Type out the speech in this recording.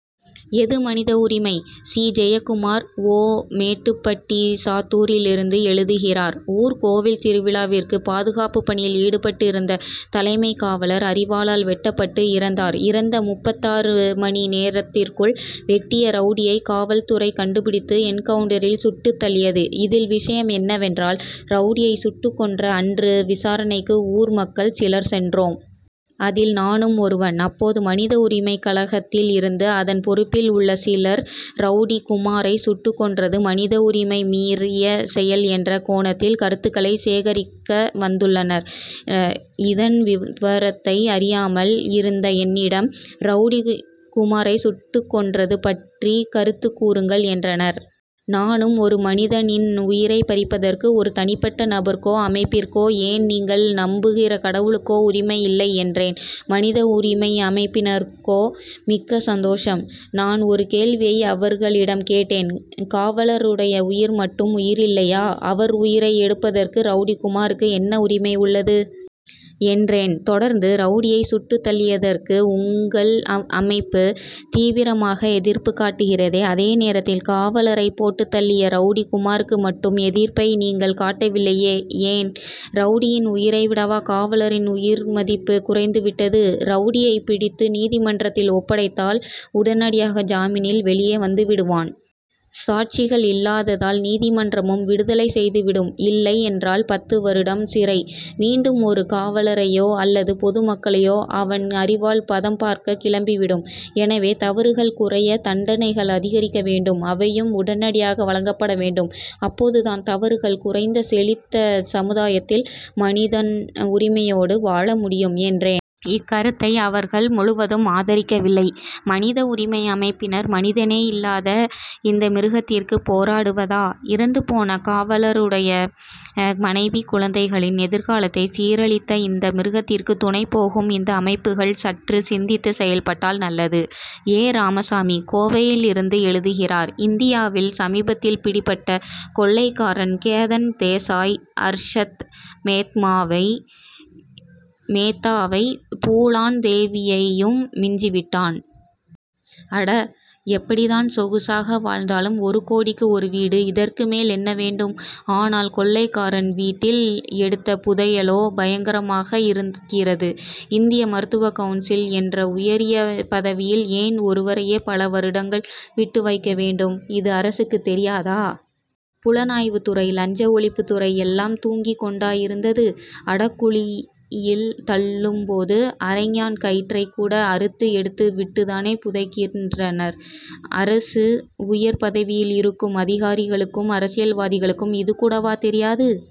எது மனித உரிமை? சி. ஜெயக்குமார் ஓ. மேட்டுப்பட்டி சாத்தூரிலிருந்து எழுதுகிறார் ஊர் கோவில் திருவிழாவிற்கு பாதுகாப்பு பணியில் ஈடுபட்டு இருந்த தலைமை காவலர் அரிவாளால் வெட்டப்பட்டு இறந்தார். இறந்த முப்பத்தாறு மணி நேரத்திற்குள் வெட்டிய ரவுடியை காவல்துறை கண்டுபிடித்து என்கவுன்டரில் சுட்டுத் தள்ளியது. இதில் விஷயம் என்னவென்றால் ரவுடியை சுட்டுக் கொன்ற அன்று விசாரணைக்கு ஊர் மக்கள் சிலர் சென்றோம். அதில் நானும் ஒருவன். அப்போது மனித உரிமை கழகத்தில் இருந்து அதன் பொறுப்பில் உள்ள சிலர் ரவுடி குமாரை சுட்டுக் கொன்றது மனித உரிமை மீறிய செயல் என்ற கோணத்தில் கருத்துக்களை சேகரிக்க வந்துள்ளனர். இதன் விவரத்தை அறியாமல் இருந்த என்னிடம் ரவுடி குமாரை சுட்டுக் கொன்றது பற்றி கருத்து கூறுங்கள் என்றனர். நானும் ஒரு மனிதனின் உயிரை பறிப்பதற்கு ஒரு தனிப்பட்ட நபருக்கோ அமைப்பிற்கோ ஏன் நீங்கள் நம்புகிற கடவுளுக்கோ உரிமை இல்லை என்றேன். மனித உரிமை அமைப்பினருக்கோ மிக்க சந்தோஷம். நான் ஒரு கேள்வியை அவர்களிடம் கேட்டேன். காவலருடைய உயிர் மட்டும் உயிரில்லையா அவர் உயிரை எடுப்பதற்கு ரவுடி குமாருக்கு என்ன உரிமை உள்ளது? என்றேன். தொடர்ந்து ரவுடியை சுட்டுத் தள்ளியதற்கு உங்கள் அமைப்பு தீவிரமாக எதிர்ப்பு காட்டுகிறதே அதே நேரத்தில் காவலரை போட்டுத் தள்ளிய ரவுடி குமாருக்கு மட்டும் எதிர்ப்பை நீங்கள் காட்டவில்லையே ஏன்? ரவுடியின் உயிரை விடவா காவலரின் உயிர் மதிப்பு குறைந்து விட்டது. ரவுடியை பிடித்து நீதிமன்றத்தில் ஒப்படைத்தால் உடனடியாக ஜாமீனில் வெளியே வந்துவிடுவான். சாட்சிகள் இல்லாததால் நீதிமன்றமும் விடுதலை செய்துவிடும் இல்லை என்றால் பத்து வருடம் சிறை. மீண்டும் ஒரு காவலரையோ அல்லது பொதுமக்களையோ அவன் அரிவாள் பதம் பார்க்க கிளம்பிவிடும். எனவே தவறுகள் குறைய தண்டனைகள் அதிகரிக்க வேண்டும் அவையும் உடனடியாக வழங்கப்பட வேண்டும். அப்போதுதான் தவறுகள் குறைந்த செழித்த சமுதாயத்தில் மனிதன் உரிமையோடு வாழ முடியும் என்றேன். இக்கருத்தை அவர்கள் முழுவதும் ஆதரிக்கவில்லை. மனித உரிமை அமைப்பினர் மனிதனே இல்லாத இந்த மிருகத்திற்கு போராடுவதா? இறந்துபோன காவலருடைய மனைவி குழந்தைகளின் எதிர்காலத்தை சீரழித்த இந்த மிருகத்திற்கு துணை போகும் இந்த அமைப்புகள் சற்று சிந்தித்து செயல்பட்டால் நல்லது. எ. ராமசாமி கோவையிலிருந்து எழுதுகிறார் இந்தியாவில் சமீபத்தில் பிடிபட்ட கொள்ளைக்காரன் கேதன் தேசாய் அர்ஷத் மேக்காவை மேத்தாவையும் பூலான் தேவியையும் மிஞ்சிவிட்டான். அட எப்படித்தான் சொகுசாக வாழ்ந்தாலும் ஒரு கோடிக்கு ஒரு வீடு. இதற்கு மேல் என்ன வேண்டும்? ஆனால் கொள்ளைக்காரன் வீட்டில் எடுத்த புதையலோ பயங்கரமாக இருக்கிறது. இந்திய மருத்துவ கவுன்சில் என்ற உயரிய பதவியில் ஏன் ஒருவரையே பல வருடங்கள் விட்டு வைக்க வேண்டும். இது அரசுக்கு தெரியாதா? புலனாய்வு துறை லஞ்ச ஒழிப்பு துறை எல்லாம் தூங்கி கொண்டா இருந்தது? அடகுழியில் தள்ளும் போது அரைஞாண் கயிற்றை கூட அறுத்து எடுத்து விட்டுத்தானே புதைக்கின்றனர். அரசு உயர் பதவியில் இருக்கும் அதிகாரிகளுக்கும் அரசியல்வாதிகளுக்கும் இது கூடவா தெரியாது.